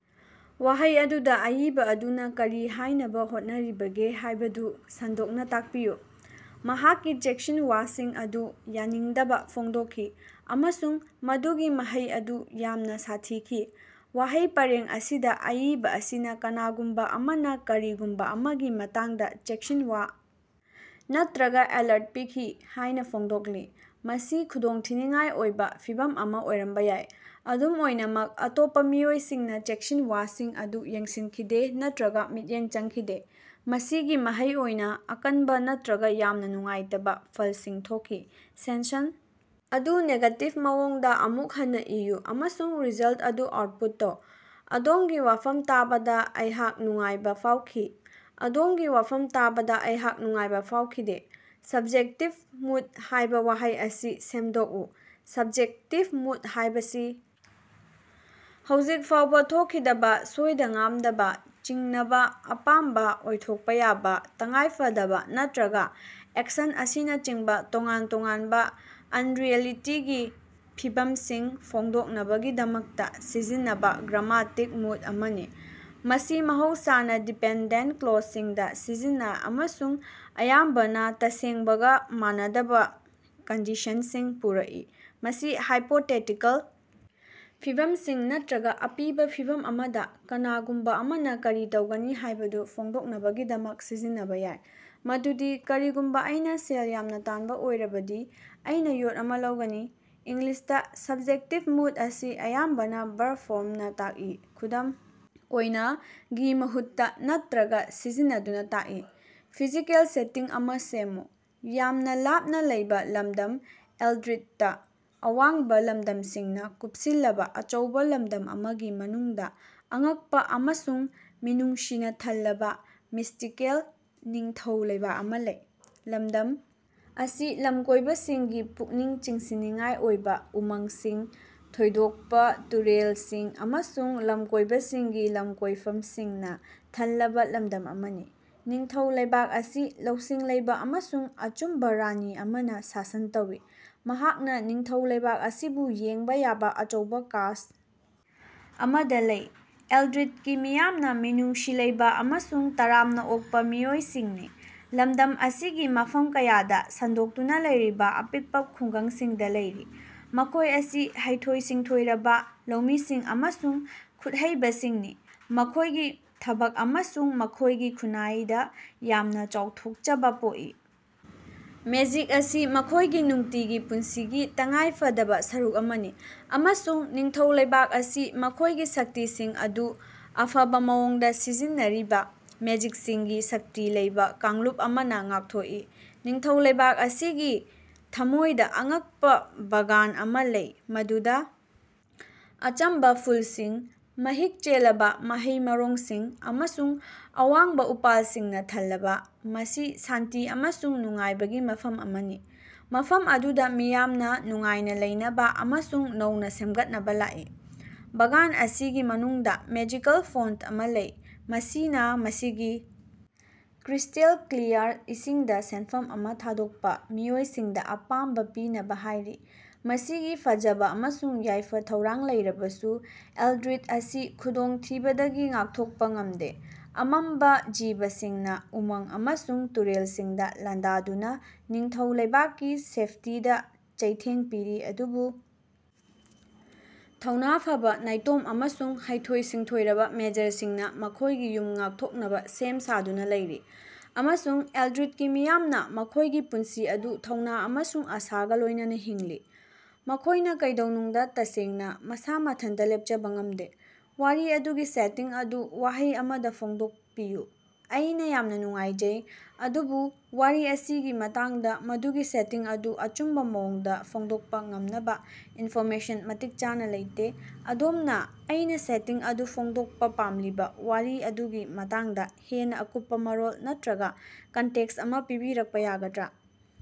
ꯋꯥꯍꯩ ꯑꯗꯨꯗ ꯑꯏꯕ ꯑꯗꯨꯅ ꯀꯔꯤ ꯍꯥꯏꯅꯕ ꯍꯣꯠꯅꯔꯤꯕꯒꯦ ꯍꯥꯏꯕꯗꯨ ꯁꯟꯗꯣꯛꯅ ꯇꯥꯛꯄꯤꯌꯨ ꯫ ꯃꯍꯥꯛꯀꯤ ꯆꯦꯛꯁꯤꯟꯋꯥꯁꯤꯡ ꯑꯗꯨ ꯌꯥꯅꯤꯡꯗꯕ ꯐꯣꯡꯗꯣꯛꯈꯤ ꯑꯃꯁꯨꯡ ꯃꯗꯨꯒꯤ ꯃꯍꯩ ꯑꯗꯨ ꯌꯥꯝꯅ ꯁꯥꯊꯤꯈꯤ꯫ ꯋꯥꯍꯩ ꯄꯔꯦꯡ ꯑꯁꯤꯗ ꯑꯏꯕ ꯑꯁꯤꯅ ꯀꯅꯥꯒꯨꯝꯕ ꯑꯃꯅ ꯀꯔꯤꯒꯨꯝꯕ ꯑꯃꯒꯤ ꯃꯇꯥꯡꯗ ꯆꯦꯛꯁꯤꯟꯋꯥ ꯅꯠꯇ꯭ꯔꯒ ꯑꯦꯂꯔꯠ ꯄꯤꯈꯤ ꯍꯥꯏꯅ ꯐꯣꯡꯗꯣꯛꯂꯤ, ꯃꯁꯤ ꯈꯨꯗꯣꯡꯊꯤꯅꯤꯡꯉꯥꯏ ꯑꯣꯏꯕ ꯐꯤꯚꯝ ꯑꯃ ꯑꯣꯏꯔꯝꯕ ꯌꯥꯏ꯫ ꯑꯗꯨꯝ ꯑꯣꯏꯅꯃꯛ, ꯑꯇꯣꯞꯄ ꯃꯤꯑꯣꯏꯁꯤꯡꯅ ꯆꯦꯛꯁꯤꯟꯋꯥꯁꯤꯡ ꯑꯗꯨ ꯌꯦꯡꯁꯤꯟꯈꯤꯗꯦ ꯅꯠꯇ꯭ꯔꯒ ꯃꯤꯠꯌꯦꯡ ꯆꯪꯈꯤꯗꯦ꯫ ꯃꯁꯤꯒꯤ ꯃꯍꯩ ꯑꯣꯏꯅ ꯑꯀꯟꯕ ꯅꯠꯇ꯭ꯔꯒ ꯌꯥꯝꯅ ꯅꯨꯡꯉꯥꯏꯇꯕ ꯐꯜꯁꯤꯡ ꯊꯣꯛꯈꯤ ꯫ ꯁꯦꯟꯁꯟ ꯑꯗꯨ ꯅꯦꯒꯦꯇꯤꯚ ꯃꯑꯣꯡꯗ ꯑꯃꯨꯛ ꯍꯟꯅ ꯏꯌꯨ ꯑꯃꯁꯨꯡ ꯔꯤꯖꯜꯇ ꯑꯗꯨ ꯑꯥꯎꯠꯄꯨꯠ ꯇꯧ꯫ ꯑꯗꯣꯝꯒꯤ ꯋꯥꯐꯝ ꯇꯥꯕꯗ ꯑꯩꯍꯥꯛ ꯅꯨꯡꯉꯥꯏꯕ ꯐꯥꯎꯈꯤ ꯫ ꯑꯗꯣꯝꯒꯤ ꯋꯥꯐꯝ ꯇꯥꯕꯗ ꯑꯩꯍꯥꯛ ꯅꯨꯡꯉꯥꯏꯕ ꯐꯥꯑꯣꯈꯤꯗꯦ꯫ "ꯁꯕꯖꯦꯛꯇꯤꯚ ꯃꯨꯗ" ꯍꯥꯏꯕ ꯋꯥꯍꯩ ꯑꯁꯤ ꯁꯦꯝꯗꯣꯛꯎ꯫ ꯁꯕꯖꯦꯛꯇꯤꯚ ꯃꯨꯗ ꯍꯥꯢꯕꯁꯤ ꯍꯧꯖꯤꯛ ꯐꯥꯎꯕ ꯊꯣꯛꯈꯤꯗꯕ, ꯁꯣꯏꯗ-ꯉꯥꯞꯗꯕ, ꯆꯤꯡꯅꯕ, ꯑꯄꯥꯝꯕ, ꯑꯣꯏꯊꯣꯛꯄ ꯌꯥꯕ, ꯇꯉꯥꯏꯐꯗꯕ ꯅꯠꯇ꯭ꯔꯒ ꯑꯦꯛꯁꯟ ꯑꯁꯤꯅꯆꯤꯡꯕ ꯇꯣꯉꯥꯟ-ꯇꯣꯉꯥꯟꯕ ꯑꯟꯔꯤꯑꯦꯂꯤꯇꯤꯒꯤ ꯐꯤꯚꯝꯁꯤꯡ ꯐꯣꯡꯗꯣꯛꯅꯕꯒꯤꯗꯃꯛꯇ ꯁꯤꯖꯤꯟꯅꯕ ꯒ꯭ꯔꯥꯝꯃꯥꯇꯤꯛ ꯃꯨꯗ ꯑꯃꯅꯤ꯫ ꯃꯁꯤ ꯃꯍꯧꯁꯥꯅ ꯗꯤꯄꯦꯟꯗꯦꯟꯇ ꯀ꯭ꯂꯣꯖꯁꯤꯡꯗ ꯁꯤꯖꯤꯟꯅ ꯑꯃꯁꯨꯡ ꯑꯌꯥꯝꯕꯅ ꯇꯁꯦꯡꯕꯒ, ꯃꯥꯟꯅꯗꯕ ꯀꯟꯗꯤꯁꯟꯁꯤꯡ ꯄꯨꯔꯛꯏ꯫ ꯃꯁꯤ ꯍꯥꯏꯄꯣꯇꯦꯇꯤꯀꯜ ꯐꯤꯚꯝꯁꯤꯡ ꯅꯠꯇ꯭ꯔꯒ ꯑꯄꯤꯕ ꯐꯤꯚꯝ ꯑꯃꯗ ꯀꯅꯥꯒꯨꯝꯕ ꯑꯃꯅ ꯀꯔꯤ ꯇꯧꯒꯅꯤ ꯍꯥꯏꯕꯗꯨ ꯐꯣꯡꯗꯣꯛꯅꯕꯒꯤꯗꯃꯛ ꯁꯤꯖꯤꯟꯅꯕ ꯌꯥꯏ, ꯃꯗꯨꯗꯤ "ꯀꯔꯤꯒꯨꯝꯕ ꯑꯩꯅ ꯁꯦꯜ ꯌꯥꯝꯅ ꯇꯥꯟꯕ ꯑꯣꯏꯔꯕꯗꯤ ꯑꯩꯅ ꯌꯣꯠ ꯑꯃ ꯂꯧꯒꯅꯤ꯫" ꯏꯪꯂꯤꯁꯇ, ꯁꯕꯖꯦꯛꯇꯤꯚ ꯃꯨꯗ ꯑꯁꯤ ꯑꯌꯥꯝꯕꯅ ꯚꯔꯕ ꯐꯣꯔꯝꯅ ꯇꯥꯛꯏ, ꯈꯨꯗꯝ ꯑꯣꯏꯅ, ꯒꯤ ꯃꯍꯨꯠꯇ ꯅꯠꯇ꯭ꯔꯒ ꯁꯤꯖꯤꯟꯅꯗꯨꯅ ꯇꯥꯛꯏ ꯫ ꯐꯤꯖꯤꯀꯦꯜ ꯁꯦꯇꯤꯡ ꯑꯃ ꯁꯦꯝꯃꯨ꯫ ꯌꯥꯝꯅ ꯂꯥꯞꯅ ꯂꯩꯕ ꯂꯝꯗꯝ ꯑꯦꯜꯗ꯭ꯔꯤꯗꯇ ꯑꯋꯥꯡꯕ ꯂꯝꯗꯝꯁꯤꯡꯅ ꯀꯨꯞꯁꯤꯜꯂꯕ ꯑꯆꯧꯕ ꯂꯝꯗꯝ ꯑꯃꯒꯤ ꯃꯅꯨꯡꯗ ꯑꯉꯛꯄ ꯑꯃꯁꯨꯡ ꯃꯤꯅꯨꯡꯁꯤꯅ ꯊꯜꯂꯕ ꯃꯤꯁꯇꯤꯀꯦꯜ ꯅꯤꯡꯊꯧ ꯂꯩꯕꯥꯛ ꯑꯃ ꯂꯩ꯫ ꯂꯝꯗꯝ ꯑꯁꯤ ꯂꯝꯀꯣꯏꯕꯁꯤꯡꯒꯤ ꯄꯨꯛꯅꯤꯡ ꯆꯤꯡꯁꯤꯟꯅꯤꯡꯉꯥꯏ ꯑꯣꯏꯕ ꯎꯃꯪꯁꯤꯡ, ꯊꯣꯏꯗꯣꯛꯄ ꯇꯨꯔꯦꯂꯜꯁꯤꯡ ꯑꯃꯁꯨꯡ ꯂꯝꯀꯣꯏꯕꯁꯤꯡꯒꯤ ꯂꯝꯀꯣꯏꯐꯝꯁꯤꯡꯅ ꯊꯜꯂꯕ ꯂꯝꯗꯝ ꯑꯃꯅꯤ꯫ ꯅꯤꯡꯊꯧ ꯂꯩꯕꯥꯛ ꯑꯁꯤ ꯂꯧꯁꯤꯡ ꯂꯩꯕ ꯑꯃꯁꯨꯡ ꯑꯆꯨꯝꯕ ꯔꯥꯅꯤ ꯑꯃꯅ ꯁꯥꯁꯟ ꯇꯧꯏ, ꯃꯍꯥꯛꯅ ꯅꯤꯡꯊꯧ ꯂꯩꯕꯥꯛ ꯑꯁꯤꯕꯨ ꯌꯦꯡꯕ ꯌꯥꯕ ꯑꯆꯧꯕ ꯀꯥꯁ꯭ꯠ ꯑꯃꯗ ꯂꯩ꯫ ꯑꯦꯜꯗ꯭ꯔꯤꯗꯀꯤ ꯃꯤꯌꯥꯝꯅ ꯃꯤꯅꯨꯡꯁꯤ ꯂꯩꯕ ꯑꯃꯁꯨꯡ ꯇꯔꯥꯝꯅ ꯑꯣꯛꯄ ꯃꯤꯑꯣꯏꯁꯤꯡꯅꯤ, ꯂꯝꯗꯝ ꯑꯁꯤꯒꯤ ꯃꯐꯝ ꯀꯌꯥꯗ ꯁꯟꯗꯣꯛꯇꯨꯅ ꯂꯩꯔꯤꯕ ꯑꯄꯤꯛꯄ ꯈꯨꯡꯒꯪꯁꯤꯡꯗ ꯂꯩꯔꯤ꯫ ꯃꯈꯣꯏ ꯑꯁꯤ ꯍꯩꯊꯣꯏ-ꯁꯤꯡꯊꯣꯏꯔꯕ ꯂꯧꯃꯤꯁꯤꯡ ꯑꯃꯁꯨꯡ ꯈꯨꯠꯍꯩꯕꯁꯤꯡꯅꯤ, ꯃꯈꯣꯢꯒꯤ ꯊꯕꯛ ꯑꯃꯁꯨꯡ ꯃꯈꯣꯏꯒꯤ ꯈꯨꯟꯅꯥꯏꯗ ꯌꯥꯝꯅ ꯆꯥꯎꯊꯣꯛꯆꯕ ꯄꯣꯛꯏ꯫ ꯃꯦꯖꯤꯛ ꯑꯁꯤ ꯃꯈꯣꯏꯒꯤ ꯅꯨꯡꯇꯤꯒꯤ ꯄꯨꯟꯁꯤꯒꯤ ꯇꯉꯥꯏꯐꯗꯕ ꯁꯔꯨꯛ ꯑꯃꯅꯤ, ꯑꯃꯁꯨꯡ ꯅꯤꯡꯊꯧ ꯂꯩꯕꯥꯛ ꯑꯁꯤ ꯃꯈꯣꯏꯒꯤ ꯁꯛꯇꯤꯁꯤꯡ ꯑꯗꯨ ꯑꯐꯕ ꯃꯑꯣꯡꯗ ꯁꯤꯖꯤꯟꯅꯔꯤꯕ ꯃꯦꯖꯤꯛꯁꯤꯡꯒꯤ ꯁꯛꯇꯤ ꯂꯩꯕ ꯀꯥꯡꯂꯨꯞ ꯑꯃꯅ ꯉꯥꯛꯊꯣꯛꯏ꯫ ꯅꯤꯡꯊꯧ ꯂꯩꯕꯥꯛ ꯑꯁꯤꯒꯤ ꯊꯃꯣꯏꯗ ꯑꯉꯛꯄ ꯕꯥꯒꯥꯟ ꯑꯃ ꯂꯩ, ꯃꯗꯨꯗ ꯑꯆꯝꯕ ꯐꯨꯜꯁꯤꯡ, ꯃꯍꯤꯛ ꯆꯦꯜꯂꯕ ꯃꯍꯩ-ꯃꯔꯣꯡꯁꯤꯡ ꯑꯃꯁꯨꯡ ꯑꯋꯥꯡꯕ ꯎꯄꯥꯜꯁꯤꯡꯅ ꯊꯜꯂꯕ, ꯃꯁꯤ ꯁꯥꯟꯇꯤ ꯑꯃꯁꯨꯡ ꯅꯨꯡꯉꯥꯏꯕꯒꯤ ꯃꯐꯝ ꯑꯃꯅꯤ꯫ ꯃꯐꯝ ꯑꯗꯨꯗ ꯃꯤꯌꯥꯝꯅ ꯅꯨꯡꯉꯥꯏꯅ ꯂꯩꯅꯕ ꯑꯃꯁꯨꯡ ꯅꯧꯅ ꯁꯦꯝꯒꯠꯅꯕ ꯂꯥꯛꯏ꯫ ꯕꯥꯒꯥꯟ ꯑꯁꯤꯒꯤ ꯃꯅꯨꯡꯗ ꯃꯦꯖꯤꯀꯦꯜ ꯐꯣꯟꯇ ꯑꯃ ꯂꯩ, ꯃꯁꯤꯅ ꯃꯁꯤꯒꯤ ꯀ꯭ꯔꯤꯁ꯭ꯇꯦꯜ ꯀ꯭ꯂꯤꯌꯥꯔ ꯏꯁꯤꯡꯗ ꯁꯦꯟꯐꯝ ꯑꯃ ꯊꯥꯗꯣꯛꯄ ꯃꯤꯑꯣꯏꯁꯤꯡꯗ ꯑꯄꯥꯝꯕ ꯄꯤꯅꯕ ꯍꯥꯏꯔꯤ꯫ ꯃꯁꯤꯒꯤ ꯐꯖꯕ ꯑꯃꯁꯨꯡ ꯌꯥꯏꯐ-ꯊꯧꯔꯥꯡ ꯂꯩꯔꯕꯁꯨ ꯑꯦꯜꯗ꯭ꯔꯤꯗ ꯑꯁꯤ ꯈꯨꯗꯣꯡꯊꯤꯕꯗꯒꯤ ꯉꯥꯛꯊꯣꯛꯄ ꯉꯝꯗꯦ ꯫ ꯑꯃꯝꯕ ꯖꯤꯕꯁꯤꯡꯅ ꯎꯃꯪ ꯑꯃꯁꯨꯡ ꯇꯨꯔꯦꯜꯁꯤꯡꯗ ꯂꯥꯟꯗꯥꯗꯨꯅ ꯅꯤꯡꯊꯧ ꯂꯩꯕꯥꯛꯀꯤ ꯁꯦꯐꯇꯤꯗ ꯆꯩꯊꯦꯡ ꯄꯤꯔꯤ꯫ ꯑꯗꯨꯕꯨ ꯊꯧꯅ ꯐꯕ ꯅꯥꯏꯇꯣꯝ ꯑꯃꯁꯨꯡ ꯍꯩꯊꯣꯏ-ꯁꯤꯡꯊꯣꯏꯔꯕ ꯃꯦꯖꯔꯁꯤꯡꯅ ꯃꯈꯣꯏꯒꯤ ꯌꯨꯝ ꯉꯥꯛꯊꯣꯛꯅꯕ ꯁꯦꯝ ꯁꯥꯗꯨꯅ ꯂꯩꯔꯤ, ꯑꯃꯁꯨꯡ ꯑꯦꯜꯗ꯭ꯔꯤꯗꯀꯤ ꯃꯤꯌꯥꯝꯅ ꯃꯈꯣꯏꯒꯤ ꯄꯨꯟꯁꯤ ꯑꯗꯨ ꯊꯧꯅ ꯑꯃꯁꯨꯡ ꯑꯥꯁꯥꯒ ꯂꯣꯏꯅꯅ ꯍꯤꯡꯂꯤ, ꯃꯈꯣꯢꯅ ꯀꯩꯗꯧꯅꯨꯡꯗ ꯇꯁꯦꯡꯅ ꯃꯁ ꯃꯊꯟꯇ ꯂꯦꯞꯆꯕ ꯉꯝꯗꯦ ꯫ ꯋꯥꯔꯤ ꯑꯗꯨꯒꯤ ꯁꯦꯇꯤꯡ ꯑꯗꯨ ꯋꯥꯍꯩ ꯑꯃꯗ ꯐꯣꯡꯗꯣꯛꯄꯤꯌꯨ꯫ ꯑꯩꯅ ꯌꯥꯝꯅ ꯅꯨꯡꯉꯥꯏꯖꯩ, ꯑꯗꯨꯕꯨ ꯋꯥꯔꯤ ꯑꯁꯤꯒꯤ ꯃꯇꯥꯡꯗ ꯃꯗꯨꯒꯤ ꯁꯦꯇꯤꯡ ꯑꯗꯨ ꯑꯆꯨꯝꯕ ꯃꯑꯣꯡꯗ ꯐꯣꯡꯗꯣꯛꯄ ꯉꯝꯅꯕ ꯏꯟꯐꯣꯔꯃꯦꯁꯟ ꯃꯇꯤꯛ ꯆꯥꯅ ꯂꯩꯇꯦ꯫ ꯑꯗꯣꯝꯅ ꯑꯩꯅ ꯁꯦꯇꯤꯡ ꯑꯗꯨ ꯐꯣꯡꯗꯣꯛꯄ ꯄꯥꯝꯂꯤꯕ ꯋꯥꯔꯤ ꯑꯗꯨꯒꯤ ꯃꯇꯥꯡꯗ ꯍꯦꯟꯅ ꯑꯀꯨꯞꯄ ꯃꯔꯣꯜ ꯅꯠꯇ꯭ꯔꯒ ꯀꯟꯇꯦꯛꯁ ꯑꯃ ꯄꯤꯕꯤꯔꯜꯄ ꯌꯥꯒꯗ꯭ꯔ?